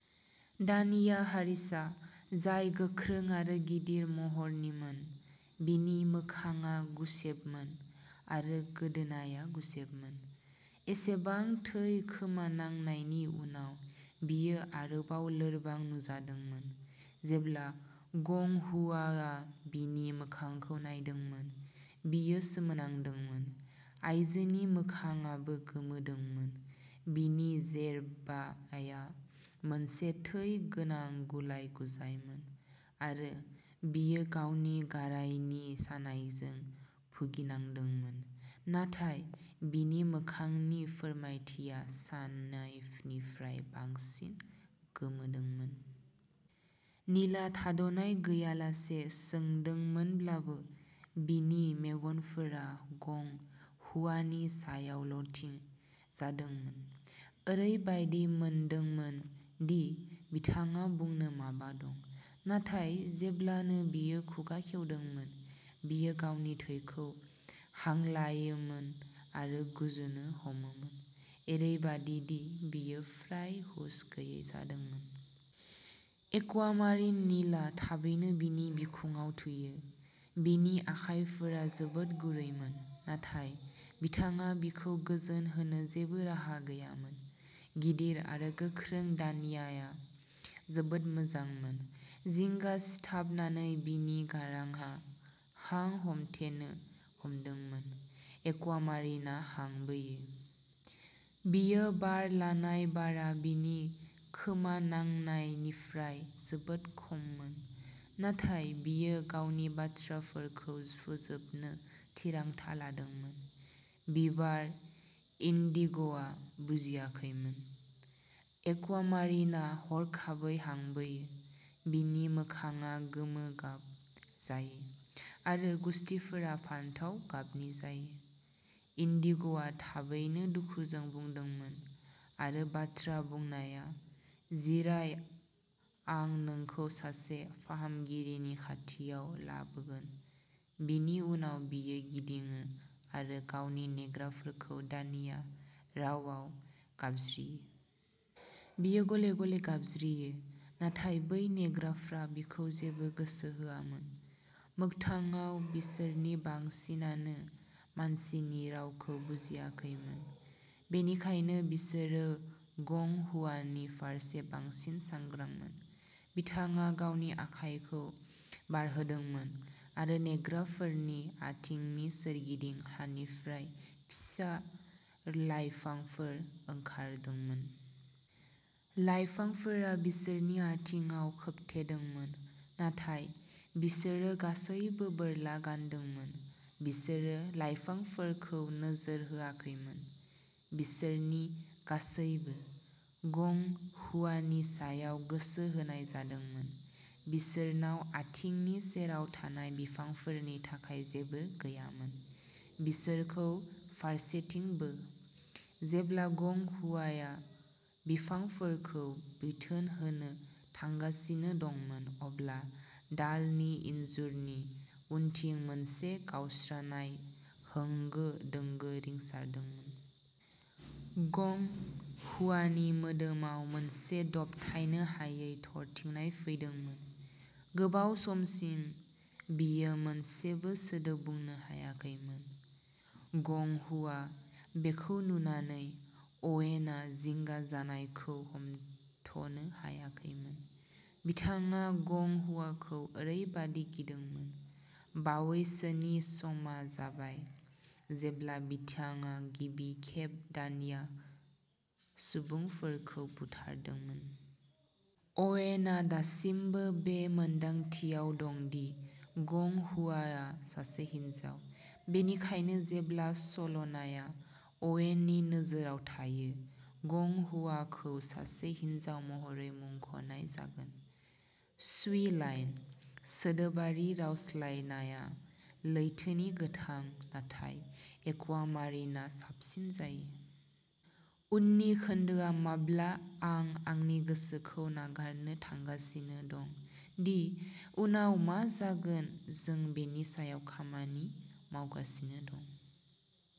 दान्या हारिसा, जाय गोख्रों आरो गिदिर महरनिमोन। बिनि मोखांआ गुसेबमोन, आरो गोदोनाया गुसेबमोन। एसेबां थै खोमानांनायनि उनाव, बियो आरोबाव लोरबां नुजादोंमोन। जेब्ला गं हुआआ बिनि मोखांखौ नायदोंमोन, बियो सोमोनांदोंमोन। आइजोनि मोखांआबो गोमोदोंमोन। बिनि जेरबाआ मोनसे थै गोनां गुलाय-गुजायमोन, आरो बियो गावनि गारायनि सानायजों भुगिनांदोंमोन, नाथाय बिनि मोखांनि फोरमायथिया सानायनिफ्राय बांसिन गोमोदोंमोन। नीलआ थाद'नाय गैयालासे सोंदोंमोनब्लाबो, बिनि मेगनफोरा गं हुआनि सायावल'थि जादोंमोन। ओरैबायदि मोनदोंमोन दि बिथांहा बुंनो माबा दं। नाथाय जेब्लानो बियो खुगा खेवदोंमोन, बियो गावनि थैखौ हांलायोमोन आरो गुजुनो हमोमोन, ओरैबादि दि बियो फ्राय हुस गैयै जादोंमोन। एक्वामारिन नीलआ थाबैनो बिनि बिखुङाव थुयो, बिनि आखाइफोरा जोबोद गुरैमोन। नाथाय बिथाङा बिखौ गोजोन होनो जेबो राहा गैयामोन। गिदिर आरो गोख्रों दान्याआ जोबोद मोजांमोन। जिंगा सिथाबनानै बिनि गारांआ हां हमथेनो हमदोंमोन। एक्वामारिना हां बोयो। बियो बार लानाय बारआ बिनि खोमानांनायनिफ्राय जोबोद खममोन, नाथाय बियो गावनि बाथ्राफोरखौ फोजोबनो थिरांथा लादोंमोन। बिबार, इन्डिग'आ बुजियाखैमोन। एक्वामारिना हरखाबै हां बोयो, बिनि मोखांआ गोमो गाब जायो, आरो गुसथिफोरा फान्थाव गाबनि जायो। इन्डिग'आ थाबैनो दुखुजों बुंदोंमोन, आरो बाथ्रा बुंनाया, जिराय आं नोंखौ सासे फाहामगिरिनि खाथियाव लाबोगोन बिनि उनाव बियो गिदिङो आरो गावनि नेग्राफोरखौ दान्या रावआव गाबज्रियो। बियो गले-गले गाबज्रियो, नाथाय बै नेग्राफ्रा बिखौ जेबो गोसो होआमोन। मोगथाङाव, बिसोरनि बांसिनानो मानसिनि रावखौ बुजियाखैमोन। बेनिखायनो बिसोरो गं हुआनि फारसे बांसिन सांग्रांमोन। बिथाङा गावनि आखायखौ बारहोदोंमोन, आरो नेग्राफोरनि आथिंनि सोरगिदिं हानिफ्राय फिसा लायफांफोर ओंखारदोंमोन। लायफांफोरा बिसोरनि आथिंआव खोबथेदोंमोन, नाथाय बिसोरो गासैबो बोरला गानदोंमोन, बिसोरो लायफांफोरखौ नोजोर होआखैमोन। बिसोरनि गासैबो। गं हुआनि सायाव गोसो होनाय जादोंमोन, बिसोरनाव आथिंनि सेराव थानाय बिफांफोरनि थाखाय जेबो गैयामोन। बिसोरखौ फारसेथिं बो। जेब्ला गं हुआआ बिफांफोरखौ बिथोन होनो थांगासिनो दंमोन, अब्ला दालनि इनजुरनि उनथिं मोनसे गावस्रानाय होंगो दोंगो रिंसारदोंमोन। गं हुआनि मोदोमाव मोनसे दबथायनो हायै थरथिंनाय फैदोंमोन। गोबाव समसिम, बियो मोनसेबो सोदोब बुंनो हायाखैमोन। गं हुआ बेखौ नुनानै, अवेनआ जिंगा जानायखौ हमथ'नो हायाखैमोन। बिथाङा गं हुआखौ ओरैबादि गिदोंमोन। बावैसोनि समा जाबाय जेब्ला बिथाङा गिबि खेब दान्या सुबुंफोरखौ बुथारदोंमोन। अवेनआ दासिमबो बे मोनदांथियाव दं दि गं हुआआ सासे हिनजाव। बेनिखायनो जेब्ला सल'नायआ अवेननि नोजोराव थायो, गं हुआखौ सासे हिनजाव महरै मुंख'नाय जागोन।, शुइ लान। सोदोबारि रावस्लायनाया लैथोनि गोथां, नाथाय एक्वामारिनआ साबसिन जायो। उननि खोन्दोआ माब्ला आं आंनि गोसोखौ नागारनो थांगासिनो दं दि उनाव मा जागोन जों बेनि सायाव खामानि मावगासिनो दं।